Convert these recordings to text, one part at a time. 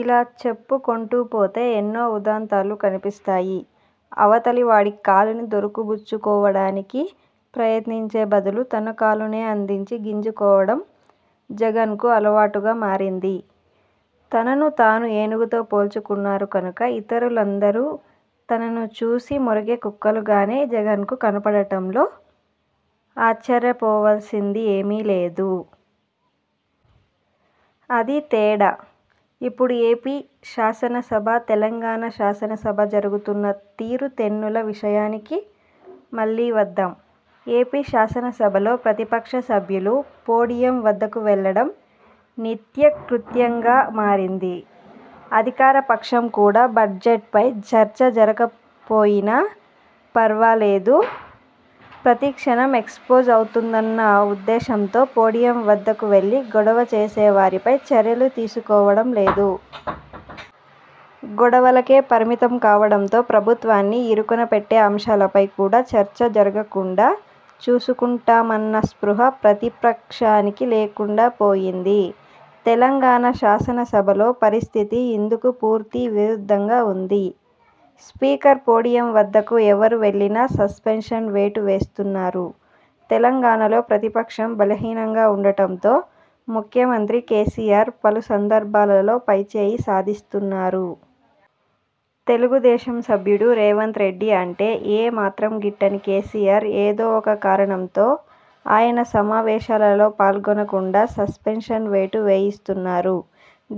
ఇలా చెప్పుకొంటూ పోతే ఎన్నో ఉదంతాలు కనిపిస్తాయి. అవతలివాడి కాలిని దొరుకుబుచ్చుకోవడానికి ప్రయత్నించే బదులు తన కాలునే అందించి గింజుకోవడం జగన్కు అలవాటుగా మారింది. తనను తాను ఏనుగుతో పోల్చుకున్నారు కనుక ఇతరులందరూ తనను చూసి మొరిగే కుక్కలుగానే జగన్కు కనబడటంలో ఆశ్చర్యపోవలసింది ఏమీ లేదు. అదీ తేడా! ఇప్పుడు ఏపీ శాసనసభ- తెలంగాణ శాసనసభ జరుగుతున్న తీరుతెన్నుల విషయానికి మళ్లీ వద్దాం. ఏపీ శాసనసభలో ప్రతిపక్ష సభ్యులు పోడియం వద్దకు వెళ్లడం నిత్యకృత్యంగా మారింది. అధికారపక్షం కూడా బడ్జెట్పై చర్చ జరగక్పోయినా ఫర్వాలేదు. ప్రతిక్షణం ఎక్స్పోజ్ అవుతుందన్న ఉద్దేశంతో పోడియం వద్దకు వెళ్లి గొడవ చేసే వారిపై చర్యలు తీసుకోవడం లేదు. గొడవలకే పరిమితం కావడంతో ప్రభుత్వాన్ని ఇరుకునపెట్టే అంశాలపై కూడా చర్చ జరగకుండా చూసుకుంటున్నామన్న స్పృహ ప్రతిపక్షానికి లేకుండా పోయింది. తెలంగాణ శాసనసభలో పరిస్థితి ఇందుకు పూర్తి విరుద్ధంగా ఉంది. స్పీకర్ పోడియం వద్దకు ఎవరు వెళ్లినా సస్పెన్షన్ వేటు వేస్తున్నారు. తెలంగాణలో ప్రతిపక్షం బలహీనంగా ఉండటంతో ముఖ్యమంత్రి కేసీఆర్ పలు సందర్భాలలో పైచేయి సాధిస్తున్నారు. తెలుగుదేశం సభ్యుడు రేవంత్రెడ్డి అంటే ఏ మాత్రం గిట్టని కేసీఆర్, ఏదో ఒక కారణంతో ఆయన సమావేశాలలో పాల్గొనకుండా సస్పెన్షన్ వేటు వేయిస్తున్నారు.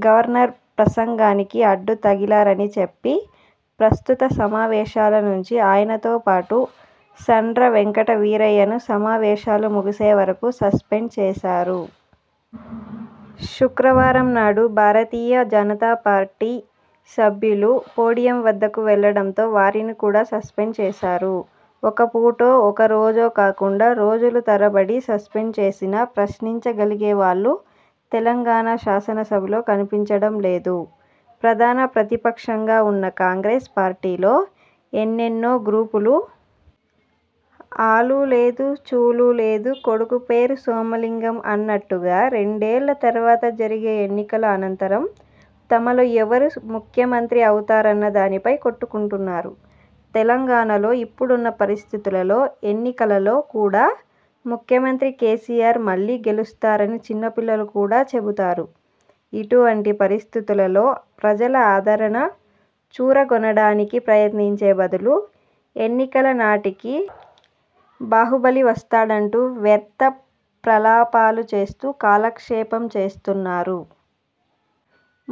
గవర్నర్ ప్రసంగానికి అడ్డు తగిలారని చెప్పి ప్రస్తుత సమావేశాల నుంచి ఆయనతోపాటు సండ్ర వెంకట వీరయ్యను సమావేశాలు ముగిసే వరకు సస్పెండ్ చేశారు. శుక్రవారంనాడు భారతీయ జనతా పార్టీ సభ్యులు పోడియం వద్దకు వెళ్లడంతో వారిని కూడా సస్పెండ్ చేశారు. ఒక పూటో, ఒక రోజో కాకుండా రోజులు తరబడి సస్పెండ్ చేసినా ప్రశ్నించగలిగేవాళ్లు తెలంగాణ శాసనసభలో కనిపించడం లేదు. ప్రధాన ప్రతిపక్షంగా ఉన్న కాంగ్రెస్ పార్టీలో ఎన్నెన్నో గ్రూపులు. 'ఆలూ లేదు చూలూ లేదు కొడుకు పేరు సోమలింగం' అన్నట్టుగా రెండేళ్ల తర్వాత జరిగే ఎన్నికల అనంతరం తమలో ఎవరు ముఖ్యమంత్రి అవుతారన్న దానిపై కొట్టుకుంటున్నారు. తెలంగాణలో ఇప్పుడున్న పరిస్థితులలో ఎన్నికలలో కూడా ముఖ్యమంత్రి కేసీఆర్ మళ్లీ గెలుస్తారని చిన్నపిల్లలు కూడా చెబుతారు. ఇటువంటి పరిస్థితులలో ప్రజల ఆదరణ చూరగొనడానికి ప్రయత్నించే బదులు ఎన్నికల నాటికి బాహుబలి వస్తాడంటూ వ్యర్థ ప్రలాపాలు చేస్తూ కాలక్షేపం చేస్తున్నారు.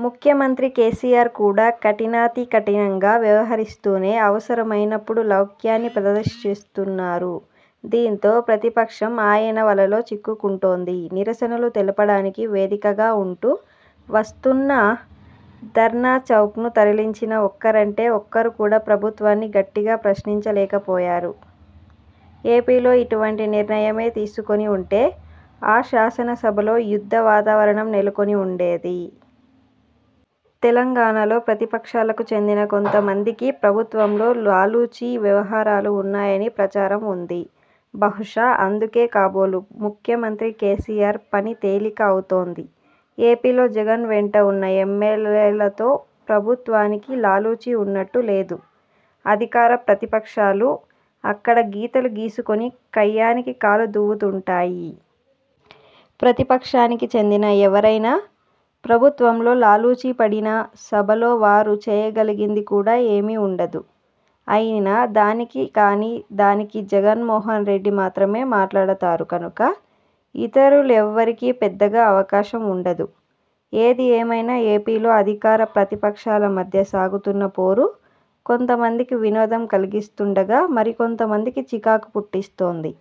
ముఖ్యమంత్రి కేసీఆర్ కూడా కఠినాతికఠినంగా వ్యవహరిస్తూనే అవసరమైనప్పుడు లౌక్యాన్ని ప్రదర్శిస్తున్నారు. దీంతో ప్రతిపక్షం ఆయన వలలో చిక్కుకుంటోంది. నిరసనలు తెలపడానికి వేదికగా ఉంటూ వస్తున్న ధర్నాచౌక్ను తరలించినా ఒక్కరంటే ఒక్కరు కూడా ప్రభుత్వాన్ని గట్టిగా ప్రశ్నించలేకపోయారు. ఏపీలో ఇటువంటి నిర్ణయమే తీసుకొని ఉంటే ఆ శాసనసభలో యుద్ధ వాతావరణం నెలకొని ఉండేది. తెలంగాణలో ప్రతిపక్షాలకు చెందిన కొంతమందికి ప్రభుత్వంతో లాలూచీ వ్యవహారాలు ఉన్నాయని ప్రచారం ఉంది. బహుశా అందుకే కాబోలు ముఖ్యమంత్రి కేసీఆర్ పని తేలిక అవుతోంది. ఏపీలో జగన్ వెంట ఉన్న ఎమ్మెల్యేలతో ప్రభుత్వానికి లాలూచీ ఉన్నట్టు లేదు. అధికార- ప్రతిపక్షాలు అక్కడ గీతలు గీసుకొని కయ్యానికి కాలు దువ్వుతుంటాయి. ప్రతిపక్షానికి చెందిన ఎవరైనా ప్రభుత్వంలో లాలూచీ పడినా సభలో వారు చేయగలిగింది కూడా ఏమీ ఉండదు. అయిన దానికీ, కాని దానికీ జగన్మోహన్రెడ్డి మాత్రమే మాట్లాడతారు కనుక ఇతరులెవ్వరికీ పెద్దగా అవకాశం ఉండదు. ఏదిఏమైనా ఏపీలో అధికార- ప్రతిపక్షాల మధ్య సాగుతున్న పోరు కొంతమందికి వినోదం కలిగిస్తుండగా, మరికొంతమందికి చికాకు పుట్టిస్తోంది.